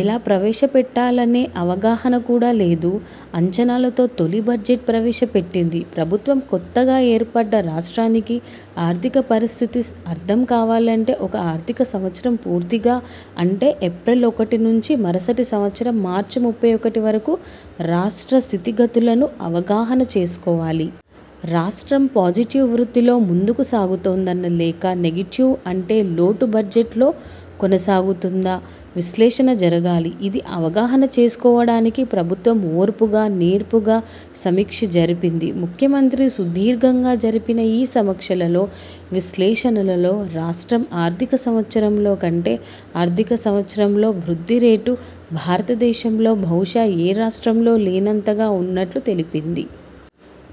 ఎలా ప్రవేశపెట్టాలనే అవగాహన కూడా లేదు. అంచనాలతో తొలి బడ్జెట్ ప్రవేశ పెట్టిందీ ప్రభుత్వం. కొత్తగా ఏర్పడ్డ రాష్ట్రానికి ఆర్థిక పరిస్థితి అర్థం కావాలంటే ఒక ఆర్థిక సంవత్సరం పూర్తిగా, అంటే, ఏప్రిల్ ఒకటి నుంచి మరుసటి సంవత్సరం మార్చి ముప్పై ఒకటి వరకు, రాష్ట్ర స్థితిగతులను అవగాహన చేసుకోవాలి. రాష్ట్రం పాజిటివ్ వృద్ధిలో ముందుకు సాగుతుందా, లేక, నెగెటివ్, అంటే లోటు బడ్జెట్లో కొనసాగుతుందా విశ్లేషణ జరగాలి. ఇది అవగాహన చేసుకోవడానికి ప్రభుత్వం ఓర్పుగా, నేర్పుగా సమీక్ష జరిపింది. ముఖ్యమంత్రి సుదీర్ఘంగా జరిపిన ఈ సమీక్షలలో, విశ్లేషణలలో, రాష్ట్రం ఆర్థిక సంవత్సరంలో కంటే, ఆర్థిక సంవత్సరంలో వృద్ధిరేటు, భారతదేశంలో బహుశా, ఏ రాష్ట్రంలో లేనంతగా వున్నట్లు తెలిపింది.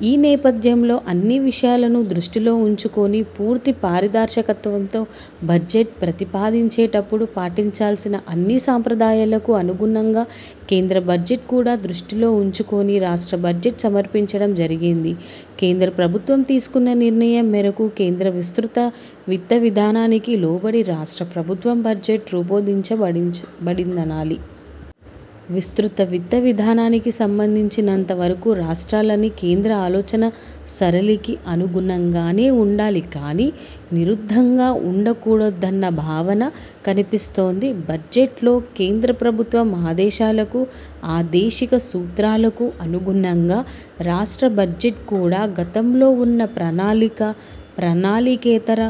ఈ నేపథ్యంలో, అన్ని విషయాలను దృష్టిలో వుంచుకుని, పూర్తి పారదర్శకతతో, బడ్జెట్ ప్రతిపాదించేటప్పుడు పాటించాల్సిన అన్ని సాంప్రదాయాలకు అనుగుణంగా, కేంద్ర బడ్జెట్ కూడా దృష్టిలో వుంచుకుని రాష్ట్ర బడ్జెట్ సమర్పించడం జరిగింది. కేంద్ర ప్రభుత్వం తీసుకున్న నిర్ణయం మేరకు, కేంద్ర విస్తృత విత్త విధానానికి లోబడి రాష్ట్ర ప్రభుత్వ బడ్జెట్ రూపొందించబడిందనాలి. విస్తృత విత్త విధానానికి సంబంధించినంతవరకు రాష్ట్రాలన్నీ, కేంద్ర ఆలోచనా సరళికి అనుగుణంగానే వుండాలి కాని, విరుద్ధంగా వుండకూడదన్న భావన కనిపిస్తుందీ బడ్జెట్లో. కేంద్ర ప్రభుత్వం ఆదేశాలకు, ఆదేశిక సూత్రాలకు అనుగుణంగా రాష్ట్ర బడ్జెట్ కూడా, గతంలో వున్న ప్రణాళిక, ప్రణాళికేతర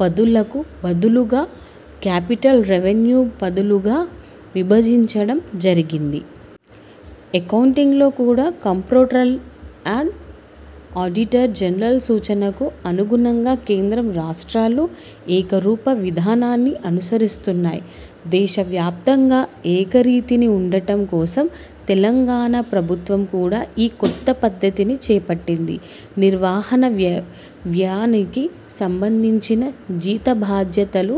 పద్దులకు బదులుగా, కాపిటల్, రెవెన్యూ పద్దులుగా విభజించడం జరిగింది. అకౌంటింగ్లో కూడా కంప్ట్రోలర్ అండ్ ఆడిటర్ జనరల్ సూచనకు అనుగుణంగా కేంద్రం, రాష్ట్రాలు ఏకరూప విధానాన్ని అనుసరిస్తున్నాయి. దేశ వ్యాప్తంగా ఏకరీతిన ఉండటం కోసం తెలంగాణ ప్రభుత్వం కూడా ఈ కొత్త పద్ధతిని చేపట్టింది. నిర్వహణ వ్యయానికి సంబంధించిన జీతభత్యాలు,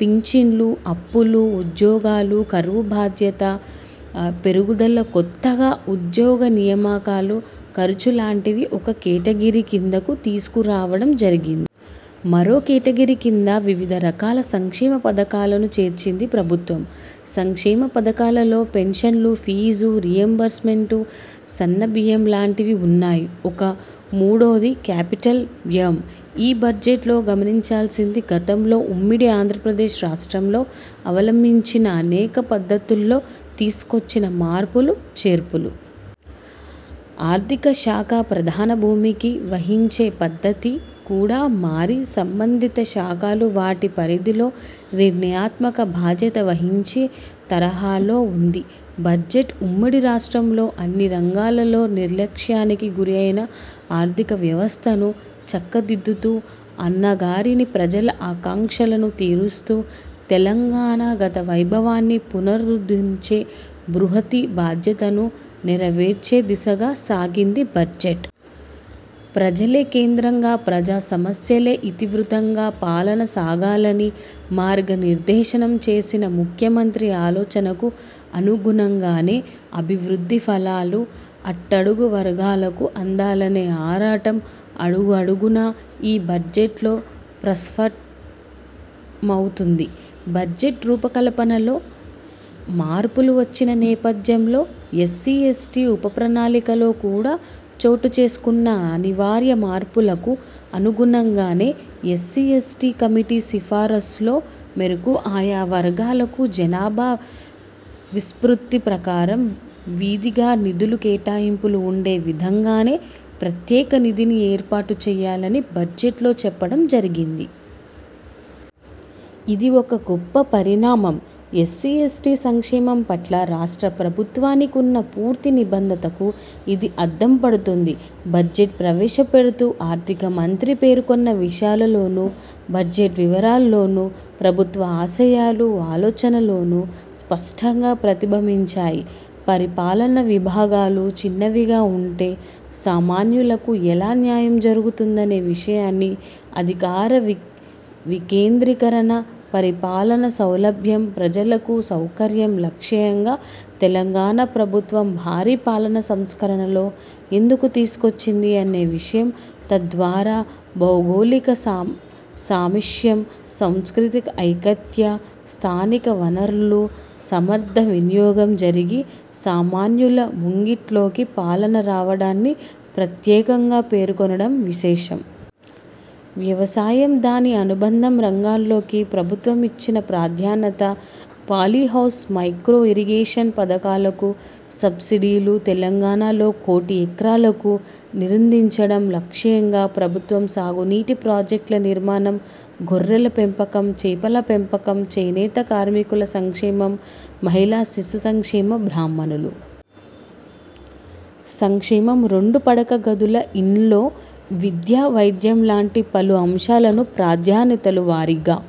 పింఛన్లు, అప్పులు, ఉద్యోగుల కరవు భత్యం పెరుగుదల, కొత్తగా ఉద్యోగ నియామకాల ఖర్చు లాంటివి ఒక కేటగిరీ కిందకు తీసుకురావడం జరిగింది. మరో కేటగిరీ కింద వివిధ రకాల సంక్షేమ పథకాలను చేర్చింది ప్రభుత్వం. సంక్షేమ పథకాల్లో పెన్షన్లు, ఫీజు రీయింబర్స్ మెంట్, సన్న బియ్యం లాంటివి వున్నాయి. ఇక మూడోది క్యాపిటల్ వ్యయం. ఈ బడ్జెట్లో గమనించాల్సింది, గతంలో ఉమ్మడి ఆంధ్రప్రదేశ్ రాష్ట్రం అవలంబించిన అనేక పద్ధతుల్లో తీసుకొచ్చిన మార్పులు, చేర్పులు. ఆర్థిక శాఖ ప్రధాన భూమిక వహించే పద్ధతి కూడా మారి, సంబంధిత శాఖలు వాటి, పరిధిలో నిర్ణయాత్మక బాధ్యత వహించే తరహాలో వుందీ బడ్జెట్. ఉమ్మడి రాష్ట్రంలో అన్ని రంగాలలో నిర్లక్ష్యానికి గురైన ఆర్థిక వ్యవస్థను చక్కదిద్దుతూ, అణగారిన ప్రజల ఆకాంక్షలను తీరుస్తూ, తెలంగాణ గత వైభవాన్ని పునరుద్ధరించే బృహత్ బాధ్యతను నెరవేర్చే దిశగా సాగిందీ బడ్జెట్. ప్రజలే కేంద్రంగా, ప్రజా సమస్యలే ఇతి వృత్తంగా పాలన సాగాలని మార్గ నిర్దేశనం చేసిన ముఖ్యమంత్రి ఆలోచనకు అనుగుణంగానే, అభివృద్ధి ఫలాలు అట్టడుగు వర్గాలకు అందాలనే ఆరాటం అడుగడుగునా ఈ బడ్జెట్లో ప్రస్ఫుటమవుతుంది. బడ్జెట్ రూపకల్పనలో మార్పులు వచ్చిన నేపథ్యంలో ఎస్సీ, ఎస్టీ ఉప ప్రణాళికలో కూడా చోటుచేసుకున్న అనివార్య మార్పులకు అనుగుణంగానే, ఎస్సీ, ఎస్టీ కమిటీ సిఫారసుల మేరకు ఆయా వర్గాలకు జనాభా నిష్పత్తి ప్రకారం విధిగా నిధుల కేటాయింపులు ఉండే విధంగానే ప్రత్యేక నిధిని ఏర్పాటు చేయాలని బడ్జెట్లో చెప్పడం జరిగింది. ఇది ఒక గొప్ప పరిణామం. ఎస్సీ, ఎస్టీ సంక్షేమం పట్ల రాష్ట్ర ప్రభుత్వానికున్న పూర్తి నిబద్ధతకు ఇది అద్దం పడుతుంది. బడ్జెట్ ప్రవేశపెడుతూ ఆర్థిక మంత్రి పేర్కొన్న విషయాలలోనూ, బడ్జెట్ వివరాల్లోనూ, ప్రభుత్వ ఆశయాలు, ఆలోచనలు స్పష్టంగా ప్రతిబింబించాయి. పరిపాలనా విభాగాలు చిన్నవిగా వుంటే సామాన్యులకు ఎలా న్యాయం జరుగుతుందనే విషయాన్నీ, అధికార వికేంద్రీకరణ, పరిపాలనా సౌలభ్యం, ప్రజలకు సౌకర్యం లక్ష్యంగా తెలంగాణ ప్రభుత్వం భారీ పాలనా సంస్కరణలు ఎందుకు తీసుకొచ్చింది అనే విషయం, తద్వారా, భౌగోళిక సామీప్యం, సాంస్కృతిక ఐక్యత, స్థానిక వనరుల సమర్థ వినియోగం జరిగి, సామాన్యుల ముంగిట్లోకి పాలన రావడాన్ని ప్రత్యేకంగా పేర్కొనడం విశేషం. వ్యవసాయం, దాని అనుబంధ రంగాలకు ప్రభుత్వం ఇచ్చిన ప్రాధాన్యత పాలి హౌజ్, మైక్రో ఇరిగేషన్ పథకాలకు సబ్సిడీలు తెలంగాణలో కోటి ఎకరాలకు నీరందించడం లక్ష్యంగా ప్రభుత్వం సాగునీటి ప్రాజెక్టుల నిర్మాణం గొర్రెల పెంపకం చేపల పెంపకం చేనేత కార్మికుల సంక్షేమం మహిళా శిశు సంక్షేమం బ్రాహ్మణుల సంక్షేమం రెండు పడక గదుల ఇండ్లు విద్య వైద్యం లాంటి పలు అంశాలను ప్రాధాన్యతల వారీగా